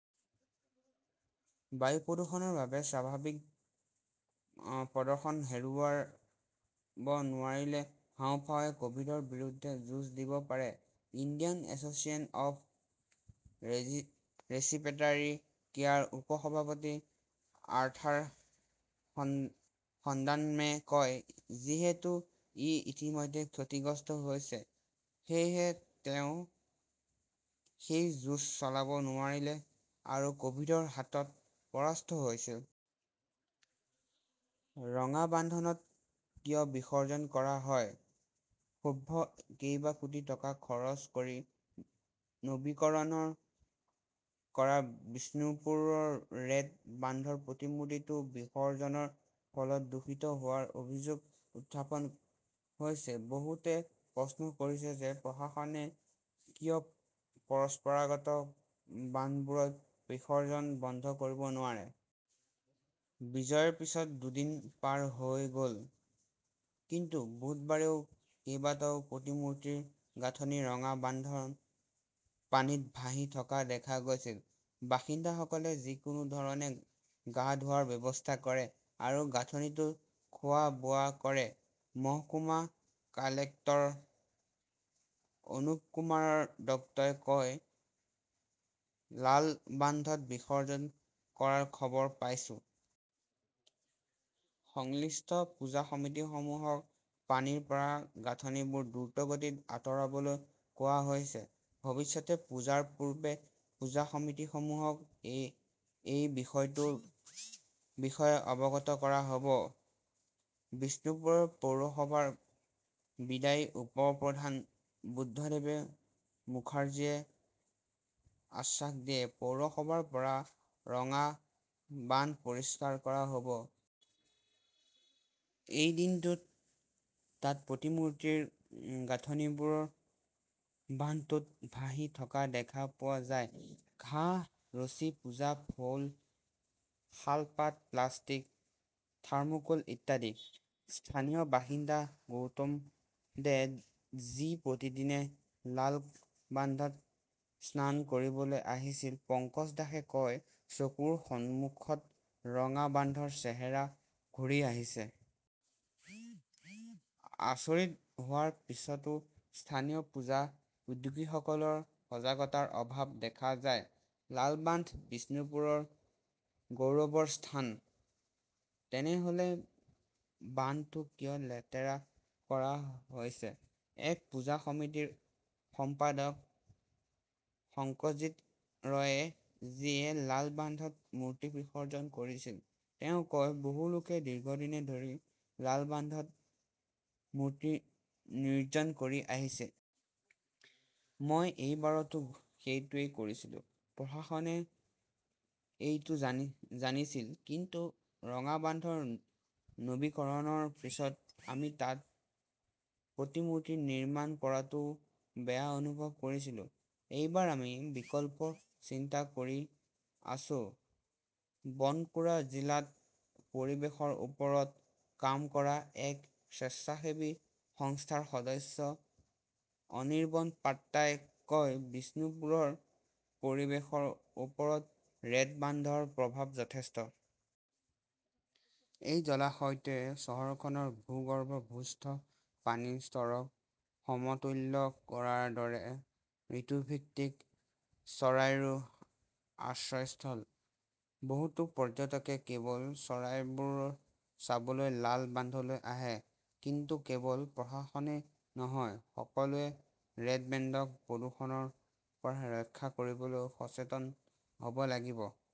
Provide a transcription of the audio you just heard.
বায়ু প্ৰদূষণৰ বাবে স্বাভাৱিক প্ৰদৰ্শন হেৰুৱাব নোৱাৰিলে হাঁওফাঁওৱে কভিডৰ বিৰুদ্ধে যুঁজ দিব পাৰে, ইণ্ডিয়ান এছচিয়েশ্যন অৱ ৰেছিপ্ৰেটাৰী কেয়াৰৰ উপ-সভাপতি আৰ্থাৰ সদানন্দমে কয়। যিহেতু ই ইতিমধ্যে ক্ষতিগ্ৰস্ত হৈছে, সেয়েহে তেওঁ সেই যুঁজ চলাব নোৱাৰিলে আৰু কভিডৰ হাতত পৰাস্ত হৈছিল। ৰঙা বান্ধত কিয় বিসৰ্জন কৰা হয়, ক্ষোভ কেইবা কোটি টকা খৰচ কৰি নৱীকৰণ কৰা বিষ্ণুপুৰৰ ৰেড বান্ধৰ প্ৰতিমূৰ্তিটো বিসৰ্জনৰ ফলত দূষিত হোৱাৰ অভিযোগ উত্থাপন হৈছে। বহুতে প্ৰশ্ন কৰিছে যে প্ৰশাসনে কিয় পৰস্পৰাগত বান্ধবোৰত বিসৰ্জন বন্ধ কৰিব নোৱাৰিলে। বিজয়ৰ পিছত দুদিন পাৰ হৈ গল। কিন্তু বুধবাৰেও কেইবাটাও প্ৰতিমূৰ্তিৰ গাঁথনি ৰঙা বান্ধৰ পানীত ভাহি থকা দেখা গৈছিল। বাসিন্দাসকলে যিকোনো ধৰণে গা ধোৱাৰ ব্যৱস্থা কৰে আৰু গাঁথনিটো খোৱা-বোৱা কৰে। মহকুমা কালেক্টৰ অনুপকুমাৰ দত্তই কয়, লাল বান্ধত বিসৰ্জন কৰাৰ খবৰ পাইছো। সংশ্লিষ্ট পূজা সমিতিসমূহক পানীৰ পৰা গাঁথনিবোৰ দ্ৰুতগতিত আঁতৰাবলৈ কোৱা হৈছে। ভৱিষ্যতে পূজাৰ পূৰ্বে পূজা সমিতিসমূহক এই বিষয়টোৰ বিষয়ে অৱগত কৰা হব। বিষ্ণুপুৰ পৌৰসভাৰ বিদায়ী উপ-প্ৰধান বুদ্ধদেৱে মুখাৰ্জীয়ে আশ্বাস দিয়ে, পৌৰসভাৰ পৰা ৰঙা বান্ধ পৰিষ্কাৰ কৰা হব। এই দিনটোত তাত প্ৰতিমূৰ্তিৰ গাঁথনিবোৰ বান্ধটোত ভাহি থকা দেখা পোৱা যায়, ঘাঁহ। ৰছী, পূজা ফুল, শালপাত, প্লাষ্টিক, থাৰ্মোকোল ইত্যাদি। স্থানীয় বাসিন্দা গৌতম দে, যি প্ৰতিদিনে লাল বান্ধত স্নান কৰিবলৈ আহিছিল, পঙ্কজ দাসে কয়, চকুৰ সন্মুখত ৰঙা বান্ধৰ চেহেৰা ঘূৰি আহিছে। আচৰিত হোৱাৰ পিছতো স্থানীয় পূজা উদ্যোগীসকলৰ সজাগতাৰ অভাৱ দেখা যায়, লাল বান্ধ বিষ্ণুপুৰৰ গৌৰৱৰ স্থান। তেনেহলে বান্ধটো কিয় লেতেৰা কৰা হৈছে? এক পূজা সমিতিৰ সম্পাদক শংকজিৎ ৰয়ে, যিয়ে লাল বান্ধত মূৰ্তি বিসৰ্জন কৰিছিল, তেওঁ কয়, বহু লোকে দীৰ্ঘদিন ধৰি লাল বান্ধত মূৰ্তি নিৰ্জন কৰি আহিছে। মই এই বাৰতো সেইটোৱেই কৰিছিলো। প্ৰশাসনে এইটো জানিছিল। কিন্তু ৰঙা বান্ধৰ নৱীকৰণৰ পিছত আমি তাত প্ৰতিমূৰ্তি নিৰ্মাণ কৰাটোও বেয়া অনুভৱ কৰিছিলো। এইবাৰ আমি বিকল্প চিন্তা কৰি আছো। বনকুৰা জিলাত পৰিৱেশৰ ওপৰত কাম কৰা এক স্বেচ্ছাসেৱী সংস্থাৰ সদস্য অনিৰবন পাত্ৰাই কয়, বিষ্ণুপুৰৰ পৰিৱেশৰ ওপৰত ৰেড বান্ধৰ প্ৰভাৱ যথেষ্ট। এই জলাশয়টোৱে চহৰখনৰ ভূগৰ্ভস্থ পানীৰ স্তৰক সমতুল্য কৰাৰ দৰে ঋতুভিত্তিক চৰাইৰো আশ্ৰয়স্থল। বহুতো পৰ্যটকে কেৱল চৰাইবোৰ চাবলৈ লাল বান্ধলৈ আহে। কিন্তু কেৱল প্ৰশাসনই নহয়, সকলোৱে ৰেড বেণ্ডক প্ৰদূষণৰ পৰা ৰক্ষা কৰিবলৈ সচেতন হ 'ব লাগিব।